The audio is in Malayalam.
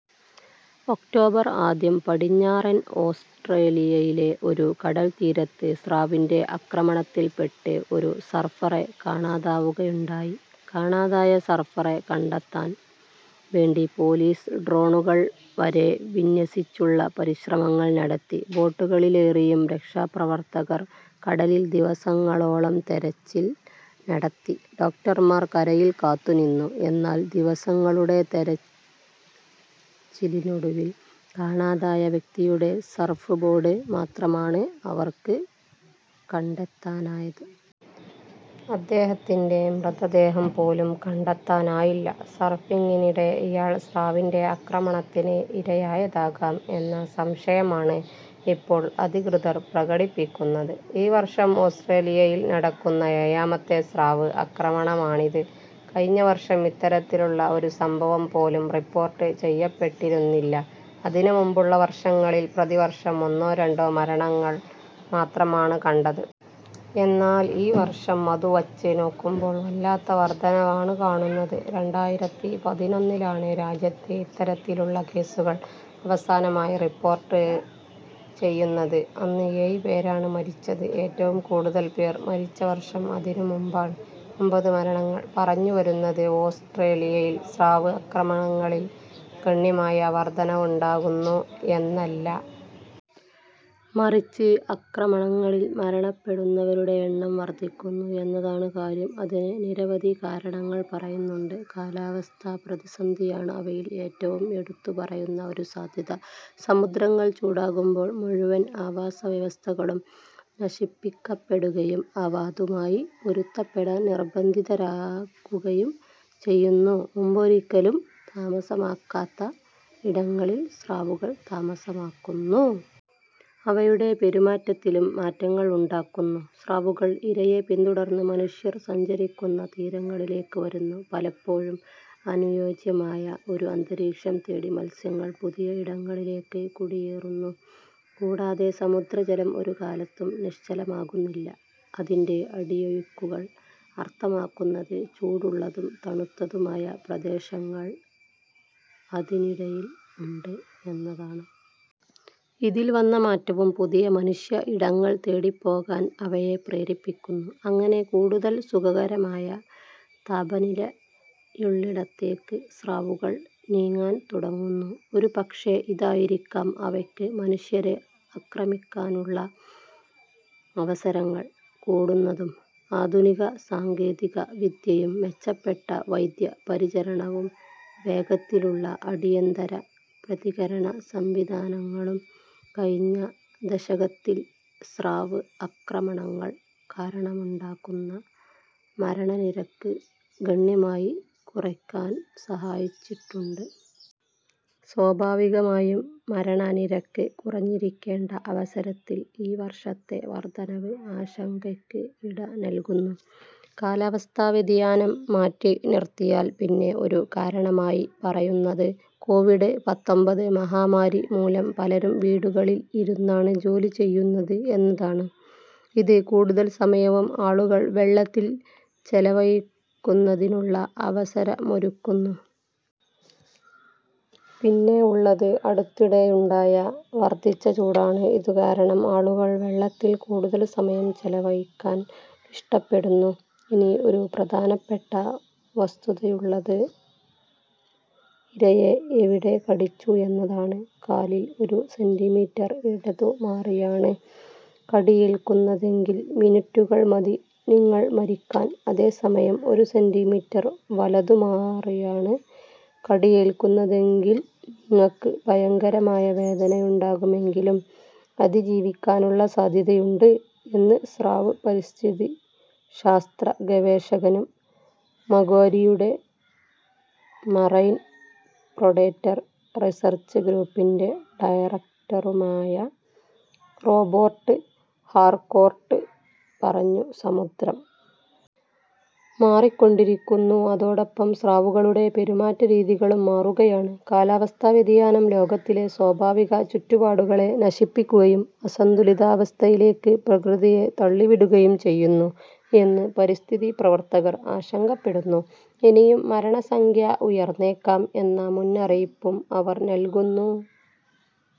ഒക്ടോബർ ആദ്യം പടിഞ്ഞാറൻ ഓസ്ട്രേലിയയിലെ ഒരു കടൽത്തീരത്ത് സ്രാവിൻ്റെ ആക്രമണത്തിൽപ്പെട്ട് ഒരു സർഫറെ കാണാതാവുകയുണ്ടായി. കാണാതായ സർഫറെ കണ്ടെത്താൻ വേണ്ടി പൊലീസ് ഡ്രോണുകൾ വരെ വിന്യസിച്ചുള്ള പരിശ്രമങ്ങൾ നടത്തി. ബോട്ടുകളിലേറിയും രക്ഷാപ്രവർത്തകർ കടലിൽ ദിവസങ്ങളോളം തെരച്ചിൽ നടത്തി. ഡോക്ടർമാർ കരയിൽ കാത്തുനിന്നു. എന്നാൽ ദിവസങ്ങളുടെ തെരച്ചിലിനൊടുവിൽ കാണാതായ വ്യക്തിയുടെ സർഫ്ബോർഡ് മാത്രമാണ് അവർക്ക് കണ്ടെത്താനായത്. അദ്ദേഹത്തിൻ്റെ മൃതദേഹം പോലും കണ്ടെത്താനായില്ല. സർഫിങ്ങിനിടെ ഇയാൾ സ്രാവിൻ്റെ ആക്രമണത്തിന് ഇരയായതാകാം എന്ന സംശയമാണ് ഇപ്പോൾ അധികൃതർ പ്രകടിപ്പിക്കുന്നത്.ഈ വർഷം ഓസ്ട്രേലിയയിൽ നടക്കുന്ന ഏഴാമത്തെ സ്രാവ് ആക്രമണമാണിത്. കഴിഞ്ഞ വർഷം ഇത്തരത്തിലുള്ള ഒരു സംഭവം പോലും റിപ്പോർട്ട് ചെയ്യപ്പെട്ടിരുന്നില്ല. അതിനുമുമ്പുള്ള വർഷങ്ങളിൽ പ്രതിവർഷം ഒന്നോ രണ്ടോ മരണങ്ങൾ മാത്രമാണ് കണ്ടത്. എന്നാൽ ഈ വർഷം അതുവച്ച് നോക്കുമ്പോൾ വല്ലാത്ത വർധനവാണ് കാണുന്നത്. രണ്ടായിരത്തി പതിനൊന്നിലാണ് രാജ്യത്ത് ഇത്തരത്തിലുള്ള കേസുകൾ അവസാനമായി റിപ്പോർട്ട് ചെയ്യുന്നത്. അന്ന് ഏഴ് പേരാണ് മരിച്ചത്. ഏറ്റവും കൂടുതൽ പേർ മരിച്ച വർഷം അതിനു മുമ്പാണ്. ഒമ്പത് മരണങ്ങൾ. പറഞ്ഞുവരുന്നത് ഓസ്ട്രേലിയയിൽ സ്രാവ് ആക്രമണങ്ങളിൽ ഗണ്യമായ വർധനവുണ്ടാകുന്നു എന്നല്ല. മറിച്ച് ആക്രമണങ്ങളിൽ മരണപ്പെടുന്നവരുടെ എണ്ണം വർധിക്കുന്നു എന്നതാണ് കാര്യം. അതിന് നിരവധി കാരണങ്ങൾ പറയുന്നുണ്ട്. കാലാവസ്ഥാ പ്രതിസന്ധിയാണ് അവയിൽ ഏറ്റവും എടുത്തുപറയുന്ന ഒരു സാധ്യത. സമുദ്രങ്ങൾ ചൂടാകുമ്പോൾ മുഴുവൻ ആവാസവ്യവസ്ഥകളും നശിപ്പിക്കപ്പെടുകയും അവ അതുമായി പൊരുത്തപ്പെടാൻ നിർബന്ധിതരാകുകയും ചെയ്യുന്നു. മുമ്പൊരിക്കലും താമസമാക്കാത്ത ഇടങ്ങളിൽ സ്രാവുകൾ താമസമാക്കുന്നു. അവയുടെ പെരുമാറ്റത്തിലും മാറ്റങ്ങൾ ഉണ്ടാകുന്നു. സ്രാവുകൾ ഇരയെ പിന്തുടർന്ന് മനുഷ്യർ സഞ്ചരിക്കുന്ന തീരങ്ങളിലേക്ക് വരുന്നു. പലപ്പോഴും അനുയോജ്യമായ ഒരു അന്തരീക്ഷം തേടി മത്സ്യങ്ങൾ പുതിയ ഇടങ്ങളിലേക്ക് കുടിയേറുന്നു. കൂടാതെ സമുദ്രജലം ഒരു കാലത്തും നിശ്ചലമാകുന്നില്ല. അതിൻ്റെ അടിയൊഴുക്കുകൾ അർത്ഥമാക്കുന്നത് ചൂടുള്ളതും തണുത്തതുമായ പ്രദേശങ്ങൾ അതിനിടയിൽ ഉണ്ട് എന്നതാണ്. ഇതിൽ വന്ന മാറ്റവും പുതിയ മനുഷ്യ ഇടങ്ങൾ തേടിപ്പോകാൻ അവയെ പ്രേരിപ്പിക്കുന്നു. അങ്ങനെ കൂടുതൽ സുഖകരമായ താപനിലയുള്ളിടത്തേക്ക് സ്രാവുകൾ നീങ്ങാൻ തുടങ്ങുന്നു. ഒരുപക്ഷേ ഇതായിരിക്കാം അവയ്ക്ക് മനുഷ്യരെ ആക്രമിക്കാനുള്ള അവസരങ്ങൾ കൂടുന്നതും. ആധുനിക സാങ്കേതികവിദ്യയും മെച്ചപ്പെട്ട വൈദ്യപരിചരണവും വേഗത്തിലുള്ള അടിയന്തര പ്രതികരണ സംവിധാനങ്ങളും കഴിഞ്ഞ ദശകത്തിൽ സ്രാവ് ആക്രമണങ്ങൾ കാരണമുണ്ടാകുന്ന മരണനിരക്ക് ഗണ്യമായി കുറയ്ക്കാൻ സഹായിച്ചിട്ടുണ്ട്. സ്വാഭാവികമായും മരണനിരക്ക് കുറഞ്ഞിരിക്കേണ്ട അവസരത്തിൽ ഈ വർഷത്തെ വർധനവ് ആശങ്കയ്ക്ക് ഇട നൽകുന്നു. കാലാവസ്ഥാ വ്യതിയാനം മാറ്റിനിർത്തിയാൽ പിന്നെ ഒരു കാരണമായി പറയുന്നത് കോവിഡ് പത്തൊമ്പത് മഹാമാരി മൂലം പലരും വീടുകളിൽ ഇരുന്നാണ് ജോലി ചെയ്യുന്നത് എന്നതാണ്. ഇത് കൂടുതൽ സമയവും ആളുകൾ വെള്ളത്തിൽ ചെലവഴിക്കുന്നതിനുള്ള അവസരമൊരുക്കുന്നു. പിന്നെ ഉള്ളത് അടുത്തിടെയുണ്ടായ വർധിച്ച ചൂടാണ്. ഇതുകാരണം ആളുകൾ വെള്ളത്തിൽ കൂടുതൽ സമയം ചെലവഴിക്കാൻ ഇഷ്ടപ്പെടുന്നു. ഇനി ഒരു പ്രധാനപ്പെട്ട വസ്തുതയുള്ളത് ഇരയെ എവിടെ കടിച്ചു എന്നതാണ്. കാലിൽ ഒരു സെന്റിമീറ്റർ ഇടതുമാറിയാണ് കടിയേൽക്കുന്നതെങ്കിൽ മിനിറ്റുകൾ മതി നിങ്ങൾ മരിക്കാൻ. അതേസമയം ഒരു സെന്റിമീറ്റർ വലതുമാറിയാണ് കടിയേൽക്കുന്നതെങ്കിൽ നിങ്ങൾക്ക് ഭയങ്കരമായ വേദനയുണ്ടാകുമെങ്കിലും അതിജീവിക്കാനുള്ള സാധ്യതയുണ്ട് എന്ന് സ്രാവ് പരിസ്ഥിതിശാസ്ത്ര ഗവേഷകനും മക്വാരിയുടെ മറൈൻ പ്രെഡേറ്റർ റിസർച്ച് ഗ്രൂപ്പിൻ്റെ ഡയറക്ടറുമായ റോബർട്ട് ഹാർകോർട്ട് പറഞ്ഞു. സമുദ്രം മാറിക്കൊണ്ടിരിക്കുന്നു. അതോടൊപ്പം സ്രാവുകളുടെ പെരുമാറ്റരീതികളും മാറുകയാണ്. കാലാവസ്ഥാ വ്യതിയാനം ലോകത്തിലെ സ്വാഭാവിക ചുറ്റുപാടുകളെ നശിപ്പിക്കുകയും അസന്തുലിതാവസ്ഥയിലേക്ക് പ്രകൃതിയെ തള്ളിവിടുകയും ചെയ്യുന്നു എന്ന് പരിസ്ഥിതി പ്രവർത്തകർ ആശങ്കപ്പെടുന്നു. ഇനിയും മരണസംഖ്യ ഉയർന്നേക്കാം എന്ന മുന്നറിയിപ്പും അവർ നൽകുന്നു.